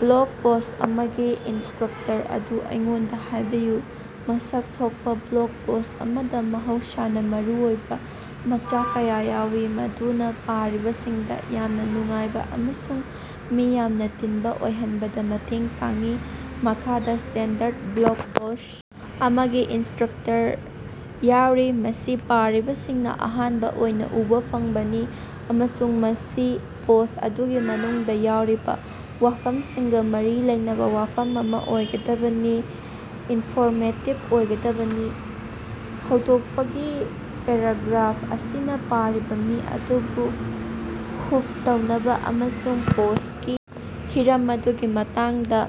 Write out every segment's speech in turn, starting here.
Block post ꯑꯃꯒꯤ structure ꯑꯗꯨ ꯑꯩꯉꯣꯟꯗꯥ ꯍꯥꯏꯕꯤꯌꯨ꯫ ꯃꯁꯛ ꯊꯣꯛꯄꯥ ꯕ꯭ꯂꯣꯛ ꯄꯣꯁ ꯑꯃꯗꯥ ꯃꯍꯧꯁꯥꯅꯥ ꯃꯔꯨ ꯑꯣꯏꯕꯥ ꯃꯆꯥꯛ ꯀꯌꯥ ꯌꯥꯎꯏ ꯃꯗꯨꯅꯥ ꯄꯥꯔꯤꯕꯁꯤꯡꯗꯥ ꯌꯥꯝꯅꯥ ꯅꯨꯡꯉꯥꯏꯕꯥ ꯑꯃꯁꯨꯡ ꯃꯤ ꯌꯥꯝꯅꯥ ꯇꯤꯟꯕꯥ ꯑꯣꯏꯍꯟꯕꯗꯥ ꯃꯇꯦꯡ ꯄꯥꯡꯏ꯫ ꯃꯈꯥꯗꯥ ꯁ꯭ꯇꯦꯟꯗꯔꯗ ꯕ꯭ꯂꯣꯛ ꯄꯣꯁ ꯑꯃꯒꯤ ꯏꯁꯇ꯭ꯔꯛꯆꯔ ꯌꯥꯎꯔꯤ꯫ ꯃꯁꯤ ꯄꯥꯔꯤꯕꯁꯤꯡꯅꯥ ꯑꯍꯥꯟꯕꯥ ꯑꯣꯏꯅꯥ ꯎꯕꯥ ꯐꯪꯕꯅꯤ ꯑꯃꯁꯨꯡ ꯃꯁꯤ ꯄꯣꯁ ꯑꯗꯨꯒꯤ ꯃꯅꯨꯡꯗꯥ ꯌꯥꯎꯔꯤꯕꯥ ꯋꯥꯐꯝꯁꯤꯡꯒꯥ ꯃꯔꯤ ꯂꯩꯅꯕꯥ ꯋꯥꯐꯝ ꯑꯃꯥ ꯑꯣꯏꯒꯗꯕꯅꯤ, ꯏꯟꯐꯣꯔꯃꯦꯇꯤꯞ ꯑꯣꯏꯒꯗꯕꯅꯤ꯫ ꯍꯧꯗꯣꯛꯄꯒꯤ ꯄꯦꯔꯥꯒ꯭ꯔꯥꯐ ꯑꯁꯤꯅꯥ ꯄꯥꯔꯤꯕꯥ ꯃꯤ ꯑꯗꯨꯕꯨ ꯍꯨꯛ ꯇꯧꯅꯕꯥ ꯑꯃꯁꯨꯡ ꯄꯣꯁꯀꯤ ꯍꯤꯔꯝ ꯑꯗꯨꯒꯤ ꯃꯇꯥꯡꯗꯥ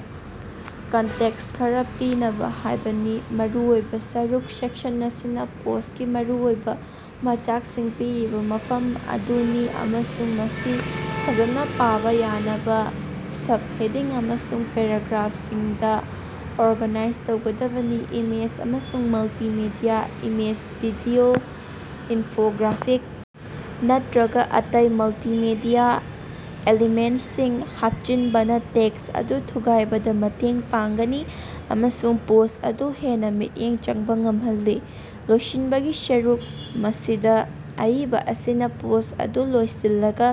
ꯀꯟꯇꯦꯛꯁ ꯈꯔꯥ ꯄꯤꯅꯕꯥ ꯍꯥꯏꯕꯅꯤ꯫ ꯃꯔꯨ ꯑꯣꯏꯕꯥ ꯁꯔꯨꯛ ,ꯁꯦꯛꯁꯟ ꯑꯁꯤꯅꯥ ꯄꯣꯁꯀꯤ ꯃꯔꯨꯑꯣꯏꯕꯥ ꯃꯆꯥꯛꯁꯤꯡ ꯄꯤꯔꯤꯕꯥ ꯃꯐꯝ ꯑꯗꯨꯅꯤꯑꯃꯁꯨꯡ ꯃꯁꯤ ꯐꯖꯅꯥ ꯄꯥꯕꯥ ꯌꯥꯅꯕꯥ ꯁꯞꯍꯦꯗꯤꯡ ꯑꯃꯁꯨꯡ ꯄꯦꯔꯥꯒ꯭ꯔꯥꯐꯁꯤꯡꯗꯥ ꯑꯣꯔꯒꯥꯅꯥꯏꯖ ꯇꯧꯒꯗꯕꯅꯤ꯫ ꯏꯃꯦꯖ ꯑꯃꯁꯨꯡ ꯃꯜꯇꯤꯃꯦꯗꯤꯌꯥ: ꯏꯃꯦꯖ, ꯚꯤꯗꯤꯑꯣ, ꯏꯟꯐꯣꯒ꯭ꯔꯥꯐꯤꯛ ꯅꯠꯇ꯭ꯔꯒ ꯑꯇꯩ ꯃꯜꯇꯤꯃꯦꯗꯤꯌꯥ ꯑꯦꯂꯤꯃꯦꯟꯇꯁꯤꯡ ꯍꯥꯞꯆꯤꯟꯕꯅꯥ ꯇꯦꯛꯁ ꯑꯗꯨ ꯊꯨꯒꯥꯏꯕꯗꯥ ꯃꯇꯦꯡ ꯄꯥꯡꯒꯅꯤ ꯑꯃꯁꯨꯡ ꯄꯣꯁ ꯑꯗꯨ ꯍꯦꯟꯅꯥ ꯃꯤꯠꯌꯦꯡ ꯆꯪꯕꯥ ꯉꯝꯍꯜꯂꯤ꯫ ꯂꯣꯏꯁꯤꯟꯕꯒꯤ ꯁꯔꯨꯛ, ꯃꯁꯤꯗꯥ ꯑꯏꯕꯥ ꯑꯁꯤꯅꯥ ꯄꯣꯁ ꯑꯗꯨ ꯂꯣꯏꯁꯤꯜꯂꯒꯥ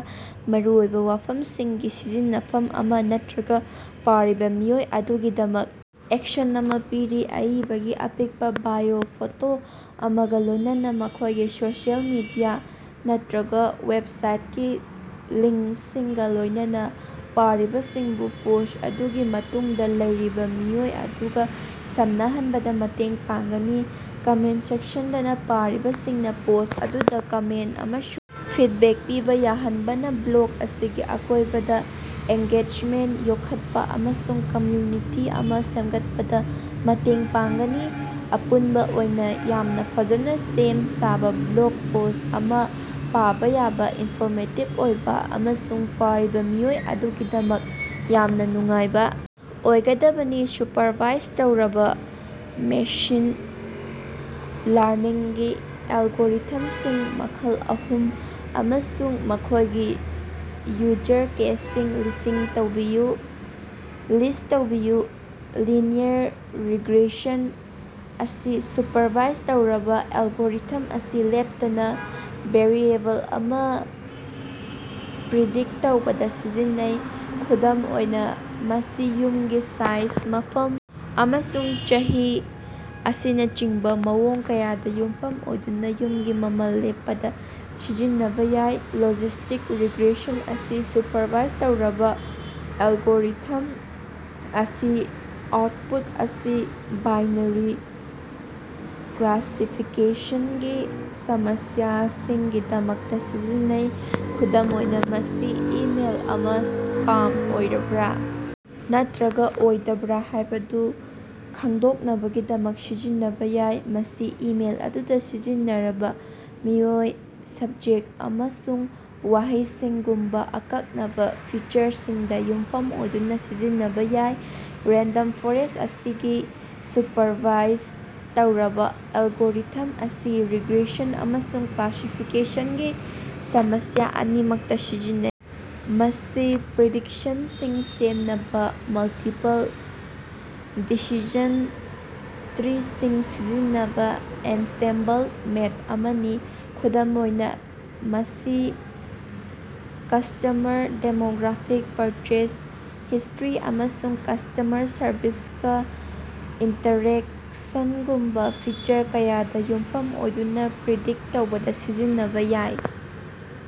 ꯃꯔꯨ ꯑꯣꯏꯕꯥ ꯋꯥꯐꯝꯁꯤꯡꯒꯤ ꯁꯃꯖꯤꯟꯅꯐꯝ ꯑꯃꯥ ꯅꯠꯇ꯭ꯔꯒꯥ ꯄꯥꯔꯤꯕꯥ ꯃꯤꯑꯣꯏ ꯑꯗꯨꯒꯤꯗꯃꯛ ꯑꯦꯛꯁꯟ ꯑꯃꯥ ꯄꯤꯔꯤ꯫ ꯑꯏꯕꯒꯤ ꯑꯄꯤꯛꯄꯥ ꯕꯥꯏꯑꯣ, ꯐꯣꯇꯣ ꯑꯃꯒꯥ ꯂꯣꯏꯅꯅꯥ ꯃꯈꯣꯏꯒꯤ ꯁꯣꯁꯤꯑꯦꯜ ꯃꯤꯗꯤꯌꯥ ꯅꯠꯇ꯭ꯔꯒꯥ ꯋꯦꯞꯁꯥꯏꯠꯀꯤ ꯂꯤꯡꯁꯤꯡꯒꯥ ꯂꯣꯏꯅꯅꯥ ꯄꯥꯔꯤꯕꯁꯤꯡꯕꯨ ꯄꯣꯁ ꯑꯗꯨꯒꯤ ꯃꯇꯨꯡꯗꯥ ꯂꯩꯔꯤꯕꯥ ꯃꯤꯑꯣꯏ ꯑꯗꯨꯒꯥ ꯁꯝꯅꯍꯟꯕꯗꯥ ꯃꯇꯦꯡ ꯄꯥꯡꯒꯅꯤ꯫ ꯀꯃꯦꯟ ꯁꯦꯛꯁꯟꯗꯅꯥ ꯄꯥꯔꯤꯕꯁꯤꯡꯅꯥ ꯄꯣꯁ ꯑꯗꯨꯗꯥ ꯀꯃꯦꯟ ꯑꯃꯁꯨꯡ ꯐꯤꯠꯕꯦꯛ ꯄꯤꯕꯥ ꯌꯥꯍꯟꯕꯅꯥ ꯕ꯭ꯂꯣꯛ ꯑꯁꯤꯒꯤ ꯑꯀꯣꯏꯕꯗꯥ ꯑꯦꯡꯒꯦꯖꯃꯦꯟꯇ ꯌꯣꯛꯈꯠꯄꯥ ꯑꯃꯁꯨꯡ ꯀꯝꯃ꯭ꯌꯨꯅꯤꯇꯤ ꯑꯃꯥ ꯁꯦꯝꯒꯠꯄꯗꯥ ꯃꯇꯦꯡ ꯄꯥꯡꯒꯅꯤ꯫ ꯑꯄꯨꯟꯕꯥ ꯑꯣꯏꯅꯥ, ꯌꯥꯝꯅꯥ ꯐꯖꯅꯥ ꯁꯦꯝ ꯁꯥꯕꯥ ꯕ꯭ꯂꯣꯛ ꯄꯣꯁ ꯑꯃꯥ ꯄꯥꯕꯥ ꯌꯥꯕꯥ, ꯏꯟꯐꯣꯔꯃꯦꯇꯤꯕ ꯑꯣꯏꯕꯥ ꯑꯃꯁꯨꯡ ꯄꯥꯔꯤꯕꯥ ꯃꯤꯑꯣꯏ ꯑꯗꯨꯒꯤꯗꯃꯛ ꯌꯥꯝꯅꯥ ꯅꯨꯡꯉꯥꯏꯕꯥ ꯑꯣꯏꯒꯗꯕꯅꯤ꯫ ꯁꯨꯄꯔꯚꯥꯏꯖ ꯇꯧꯔꯕꯥ ꯃꯦꯁꯤꯟ ꯂꯥꯔꯅꯤꯡꯒꯤ ꯑꯦꯜꯒꯣꯔꯤꯊꯝꯁꯤꯡ ꯃꯈꯜ ꯑꯍꯨꯝ ꯑꯃꯁꯨꯡ ꯃꯈꯣꯏꯒꯤ ꯌꯨꯖꯔ ꯀꯦꯁꯁꯤꯡ ꯂꯤꯁ ꯇꯧꯕꯤꯌꯨ꯫ ꯂꯤꯅꯤꯌꯔ ꯔꯤꯒ꯭ꯔꯦꯁꯟ ꯑꯁꯤ ꯁꯨꯄꯔꯚꯥꯏꯖ ꯇꯧꯔꯕꯥ ꯑꯦꯜꯒꯣꯔꯤꯊꯝ ꯑꯁꯤ ꯂꯦꯞꯇꯅꯥ ꯚꯦꯔꯤꯑꯦꯕꯜ ꯑꯃꯥ ꯄ꯭ꯔꯤꯗꯤꯛꯇ ꯇꯧꯕꯗꯥ ꯁꯤꯖꯤꯟꯅꯩ꯫ ꯈꯨꯗꯝ ꯑꯣꯏꯅꯥ, ꯃꯁꯤ ꯌꯨꯝꯒꯤ ꯁꯥꯏꯖ, ꯃꯐꯝ, ꯑꯃꯁꯨꯡ ꯆꯍꯤ ꯑꯁꯤꯅꯆꯤꯡꯕꯥ ꯃꯑꯣꯡ ꯀꯌꯥꯗꯥ ꯌꯨꯝꯐꯝ ꯑꯣꯏꯗꯨꯅꯥ ꯌꯨꯝꯒꯤ ꯃꯃꯜ ꯂꯦꯞꯄꯗꯥ ꯁꯤꯖꯤꯟꯅꯕꯥ ꯌꯥꯏ꯫ ꯂꯣꯖꯤꯁꯇꯤꯛ ꯔꯤꯒ꯭ꯔꯦꯁꯟ ꯑꯁꯤ ꯁꯨꯄꯔꯚꯥꯏꯖ ꯇꯧꯔꯕꯥ ꯑꯦꯜꯒꯣꯔꯤꯊꯝ ꯑꯁꯤ ꯑꯥꯎꯠꯄꯨꯠ ꯑꯁꯤ ꯕꯥꯏꯅꯥꯔꯤ ꯑꯣꯏꯕꯥ ꯀ꯭ꯂꯥꯁꯤꯐꯤꯀꯦꯁꯟꯒꯤ ꯁꯃꯁ꯭ꯌꯥꯁꯤꯡꯒꯤꯗꯃꯛꯇꯥ ꯁꯤꯖꯤꯟꯅꯩ꯫ ꯈꯨꯗꯝ ꯑꯣꯏꯅꯥ, ꯃꯁꯤ ꯏꯃꯦꯜ ꯑꯃꯥ ꯁ꯭ꯄꯥꯝ ꯑꯣꯏꯕ꯭ꯔꯥ ꯅꯠꯇ꯭ꯔꯒꯥ ꯑꯣꯏꯗꯕ꯭ꯔꯥ ꯍꯥꯏꯕꯗꯨ ꯈꯪꯗꯣꯛꯅꯕꯒꯤꯗꯃꯛ ꯁꯤꯖꯤꯟꯅꯕꯥ ꯌꯥꯏ, ꯃꯁꯤ ꯏꯃꯦꯜ ꯑꯗꯨꯗꯥ ꯁꯤꯖꯤꯟꯅꯔꯤꯕꯥ ꯃꯤꯑꯣꯏ, ꯁꯕꯖꯦꯛꯇ ꯑꯃꯁꯨꯡ ꯋꯥꯍꯩꯁꯤꯡꯒꯨꯝꯕꯥ ꯑꯀꯛꯅꯕꯥ ꯐꯤꯆꯔꯁꯤꯡꯗꯥ ꯌꯨꯝꯐꯝ ꯑꯣꯏꯗꯨꯅꯥ ꯁꯤꯖꯤꯟꯅꯕꯥ ꯌꯥꯏ꯫ ꯔꯦꯟꯗꯝ ꯐꯣꯔꯦꯁ ꯑꯁꯤ ꯁꯨꯄꯔꯚꯥꯏꯖ ꯇꯧꯔꯕꯥ ꯑꯦꯜꯒꯣꯔꯤꯊꯝ ꯑꯁꯤ ꯔꯤꯒ꯭ꯔꯦꯁꯟ ꯑꯃꯁꯨꯡ ꯀ꯭ꯂꯥꯁꯤꯐꯤꯀꯦꯁꯟꯒꯤ ꯁꯃꯁ꯭ꯌꯥ ꯑꯅꯤꯃꯛꯇꯥ ꯁꯤꯖꯤꯟꯅꯩ꯫ ꯃꯁꯤ ꯄ꯭ꯔꯤꯗꯤꯛꯁꯟꯁꯤꯡ ꯁꯦꯝꯅꯕꯥ ꯃꯜꯇꯤꯄꯜ ꯗꯤꯁꯤꯖꯟ ꯇ꯭ꯔꯤꯁꯤꯡ ꯁꯤꯖꯤꯟꯅꯕꯥ ꯑꯦꯟꯁꯦꯝꯕꯜ ꯃꯦꯠ ꯑꯃꯅꯤ꯫ ꯈꯨꯗꯝ ꯑꯣꯏꯅꯥ, ꯃꯁꯤ ꯀꯁ꯭ꯇꯃꯔ ꯗꯦꯃꯣꯒ꯭ꯔꯥꯐꯤꯛ, ꯄꯔꯆꯦꯖ ꯍꯤꯁꯇ꯭ꯔꯤ ꯑꯃꯁꯨꯡ ꯀꯁ꯭ꯇꯃꯔ ꯁꯔꯚꯤꯁꯀꯥ ꯏꯟꯇꯔꯦꯛꯁꯟꯒꯨꯝꯕꯥ ꯐꯤꯆꯔ ꯀꯌꯥꯗꯥ ꯌꯨꯝꯐꯝ ꯑꯣꯏꯗꯨꯅꯥ ꯄ꯭ꯔꯤꯗꯤꯛꯇ ꯇꯧꯕꯗꯥ ꯁꯤꯖꯤꯟꯅꯕꯥ ꯌꯥꯏ꯫